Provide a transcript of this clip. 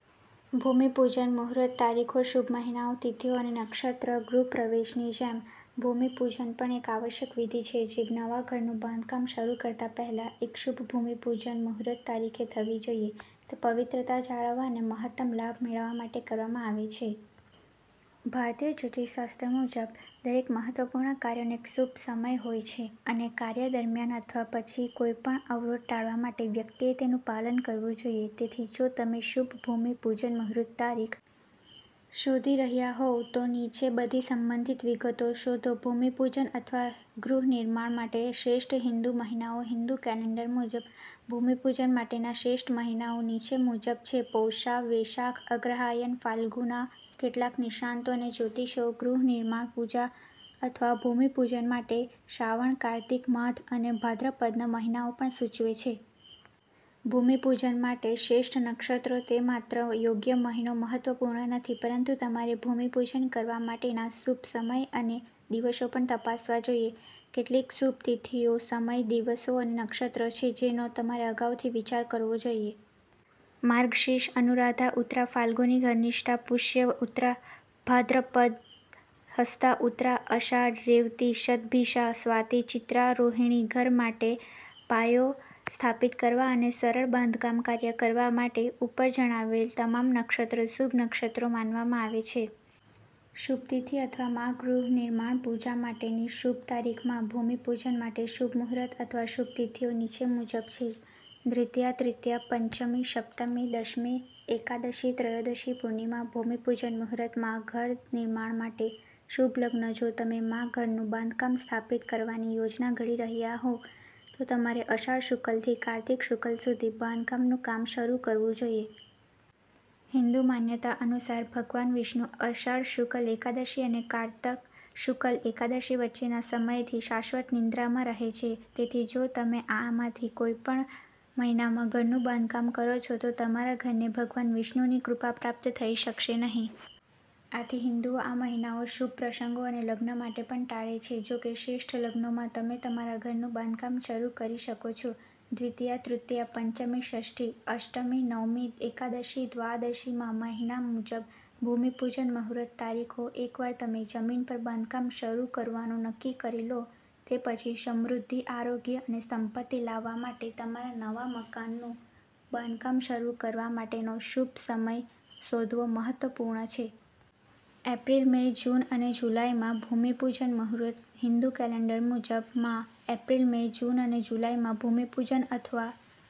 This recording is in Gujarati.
ભૂમિ પૂજન મુહૂર્ત તારીખો શુભ મહિનાઓ, તિથિઓ અને નક્ષત્રો ગૃહપ્રવેશની જેમ, ભૂમિપૂજનપણ એક આવશ્યક વિધિ છે જે નવા ઘરનું બાંધકામ શરૂ કરતા પહેલા એક શુભ ભૂમિપૂજન મુહૂર્ત તારીખે થવી જોઈએ. તે પવિત્રતા જાળવવા અને મહત્તમ લાભ મેળવવા માટે કરવામાં આવે છે. ભારતીય જ્યોતિષશાસ્ત્ર મુજબ, દરેક મહત્વપૂર્ણ કાર્યનો એક શુભ સમય હોય છે, અને કાર્ય દરમિયાન અથવા પછી કોઈપણ અવરોધ ટાળવા માટે વ્યક્તિએ તેનું પાલન કરવું જોઈએ. તેથી, જો તમે શુભ ભૂમિ પૂજન મુહૂર્ત તારીખ શોધી રહ્યા હોવ, તો નીચે બધી સંબંધિત વિગતો શોધોભૂમિપૂજન અથવા ગૃહ નિર્માણ માટે શ્રેષ્ઠ હિન્દુ મહિનાઓ હિંદુ કેલેન્ડર મુજબ, ભૂમિપૂજન માટેના શ્રેષ્ઠ મહિનાઓ નીચે મુજબ છેપૌષા વૈશાખ અગ્રહાયણ ફાલ્ગુના કેટલાક નિષ્ણાતો અને જ્યોતિષીઓ ગૃહ નિર્માણ પૂજા અથવા ભૂમિપૂજન માટે શ્રાવણ, કાર્તિક, માઘ અને ભાદ્રપદના મહિનાઓ પણ સૂચવે છે. ભૂમિ પૂજન માટે શ્રેષ્ઠ નક્ષત્રો તે માત્ર યોગ્ય મહિનોમહત્વપૂર્ણ નથી, પરંતુ તમારે ભૂમિપૂજન કરવા માટેના શુભ સમય અને દિવસો પણ તપાસવા જોઈએ. કેટલીક શુભ તિથિઓ, સમય, દિવસો અને નક્ષત્રો છે જેનો તમારે અગાઉથી વિચાર કરવો જોઈએ. માર્ગશીર્ષ અનુરાધા ઉત્તરા ફાલ્ગુની ધનિષ્ઠા પુષ્ય ઉત્તરા ભાદ્રપદ હસ્તા ઉત્તરા આષાઢ રેવતી શતભિષા સ્વાતિ ચિત્રા રોહિણી ઘર માટે પાયો સ્થાપિત કરવા અને સરળ બાંધકામ કાર્ય કરવા માટે, ઉપર જણાવેલ તમામ નક્ષત્રો શુભ નક્ષત્રો માનવામાં આવે છે. શુભ તિથિ અથવા માં ગૃહ નિર્માણ પૂજા માટેની શુભ તારીખ માં ભૂમિપૂજન માટે શુભ મુહૂર્ત અથવા શુભ તિથિઓ નીચે મુજબ છેદ્વિતિયા તૃતીયા પંચમી સપ્તમી દશમી એકાદશી ત્રયોદશી પૂર્ણિમા ભૂમિ પૂજન મુહૂર્ત માં ઘર નિર્માણ માટે શુભ લગ્ન જો તમે માં ઘરનું બાંધકામ સ્થાપિત કરવાની યોજના ઘડી રહ્યા હો, તો તમારે અષાઢ શુક્લથી કાર્તિક શુક્લ સુધી બાંધકામનું કામ શરૂકરવું જોઈએ. હિંદુ માન્યતાઓ અનુસાર, ભગવાન વિષ્ણુ અષાઢ શુક્લ એકાદશી અને કારતક શુક્લ એકાદશી વચ્ચેના સમયથી શાશ્વત નિદ્રામાં રહે છે. તેથી, જો તમે આમાંથી કોઈપણ મહિનામાં ઘરનું બાંધકામ કરો છો, તો તમારા ઘરને ભગવાન વિષ્ણુની કૃપા પ્રાપ્ત થઈ શકશે નહીં. આથી, હિન્દુઓ આ મહિનાઓ શુભ પ્રસંગો અને લગ્ન માટે પણ ટાળે છે. જો કે, શ્રેષ્ઠ લગ્નોમાં તમે તમારા ઘરનું બાંધકામ શરૂ કરી શકો છો. દ્વિતીયા, તૃતીયા. પંચમી. ષષ્ઠી, અષ્ટમી, નવમી, એકાદશી, દ્વાદશીમાં મહિના મુજબ ભૂમિપૂજન મુહૂર્ત તારીખો એકવાર તમે જમીન પર બાંધકામ શરૂ કરવાનું નક્કી કરી લો તે પછી, સમૃદ્ધિ, આરોગ્ય અને સંપત્તિ લાવવા માટે તમારા નવા મકાનનું બાંધકામ શરૂ કરવા માટેનો શુભ સમય શોધવો મહત્વપૂર્ણ છે. એપ્રિલ, મે, જૂન અને જુલાઈમાં ભૂમિપૂજન મુહૂર્ત હિંદુ કેલેન્ડર મુજબ, માં એપ્રિલ, મે, જૂન અને જુલાઈમાં ભૂમિપૂજન અથવા